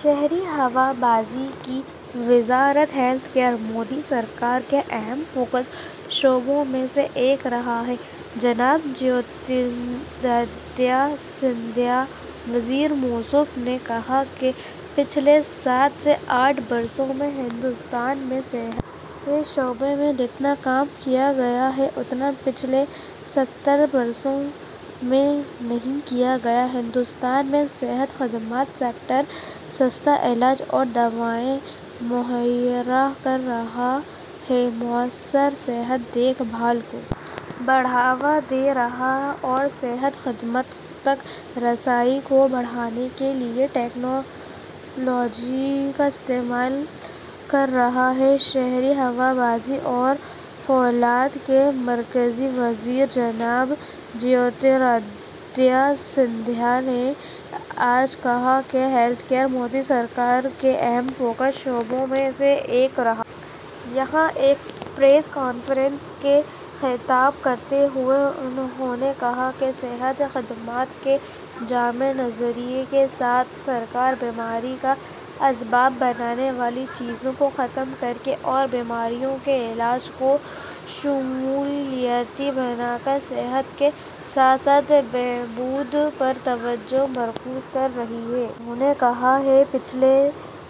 شہری ہوابازی کی وزارت ہیلتھ کیئر مودی سرکار کے اہم فوکس شعبوں میں سے ایک رہا ہے:جناب جیوترادتیہ سندھیا وزیر موصوف نے کہا کہ پچھلے سات سے آٹھ برسوں میں ہندوستان میں صحت کے شعبے میں جتنا کام کیا گیا ہے، اتنا پچھلے ستر برسوں میں نہیں کیا گیا ہندوستان میں صحت خدمات سیکٹر سستا علاج اور دوائیں مہیا کررہا ہے، مؤثر صحت دیکھ بھال کو بڑھاوا دے رہا اور صحت خدمت تک رسائی کو بڑھانے کے لئے ٹیکنالوجی کا استعمال کررہا ہے شہری ہوابازی اور فولاد کے مرکزی وزیر جناب جیوترادتیہ سندھیا نے آج کہا کہ ہیلتھ کیئر مودی سرکار کے اہم فوکس شعبوں میں سے ایک رہا۔ یہاں ایک پریس کانفرنس سے خطاب کرتے ہوئے انہوں نے کہا کہ صحت خدمات کے جامع نظریے کے ساتھ سرکار بیماری کا اسباب بننے والی چیزوں کو ختم کرکے اور بیماریوں کے علاج کو شمولیاتی بناکر صحت کے ساتھ ساتھ بہبود پر توجہ مرکوز کررہی ہے۔ انہوں نے کہا کہ پچھلے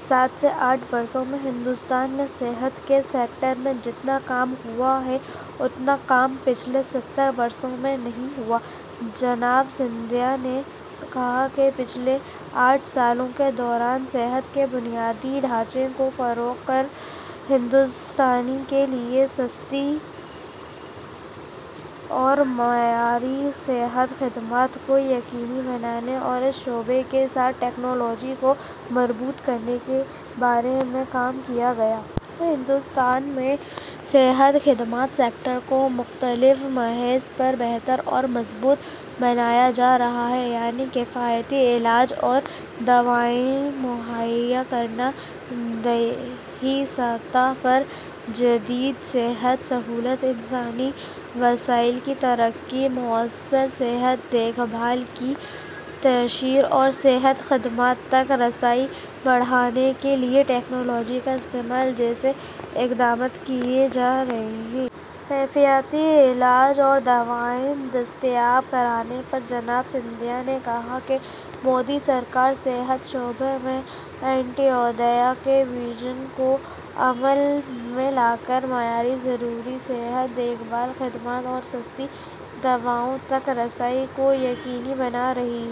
سات سے آٹھ برسوں میں ہندوستان میں صحت کے سیکٹر میں جتنا کام ہوا ہے، اتنا کام پچھلے ستر برسوں میں نہیں ہوا۔ جناب سندھیا نے کہا کہ پچھلے آٹھ سالوں کے دوران صحت کے بنیادی ڈھانچے کو فروغ ، ہرہندوستانی کے لئے سستی اور معیاری صحت خدمات کو یقینی بنانے اور اس شعبے کے ساتھ ٹیکنالوجی کو مربوط کرنے کے بارے میں کام کیا گیا۔ ہندوستان میں صحت خدمات سیکٹر کو مختلف محاذ پر بہتر اور مضبوط بنایا جارہا ہے، یعنی کفایتی علاج اور دوائیں مہیا کرنا؛ دیہی سطح پر جدید صحت سہولت ؛ انسانی وسائل کی ترقی؛ مؤثر صحت دیکھ بھال کی تشہیر اور صحت خدمات تک رسائی بڑھانے کے لئے ٹیکنالوجی کا استعمال جیسے اقدامات کئے جارہے ہیں۔ کفایتی علاج اور دوائیں دستیاب کرانے پر جناب سندھیا نے کہا کہ مودی سرکار صحت شعبے میں 'انتودیہ'کے وژن کو عمل میں لاکر معیاری ضروری صحت دیکھ بھال خدمات اور سستی دواؤں تک رسائی کو یقینی بنارہی ہے۔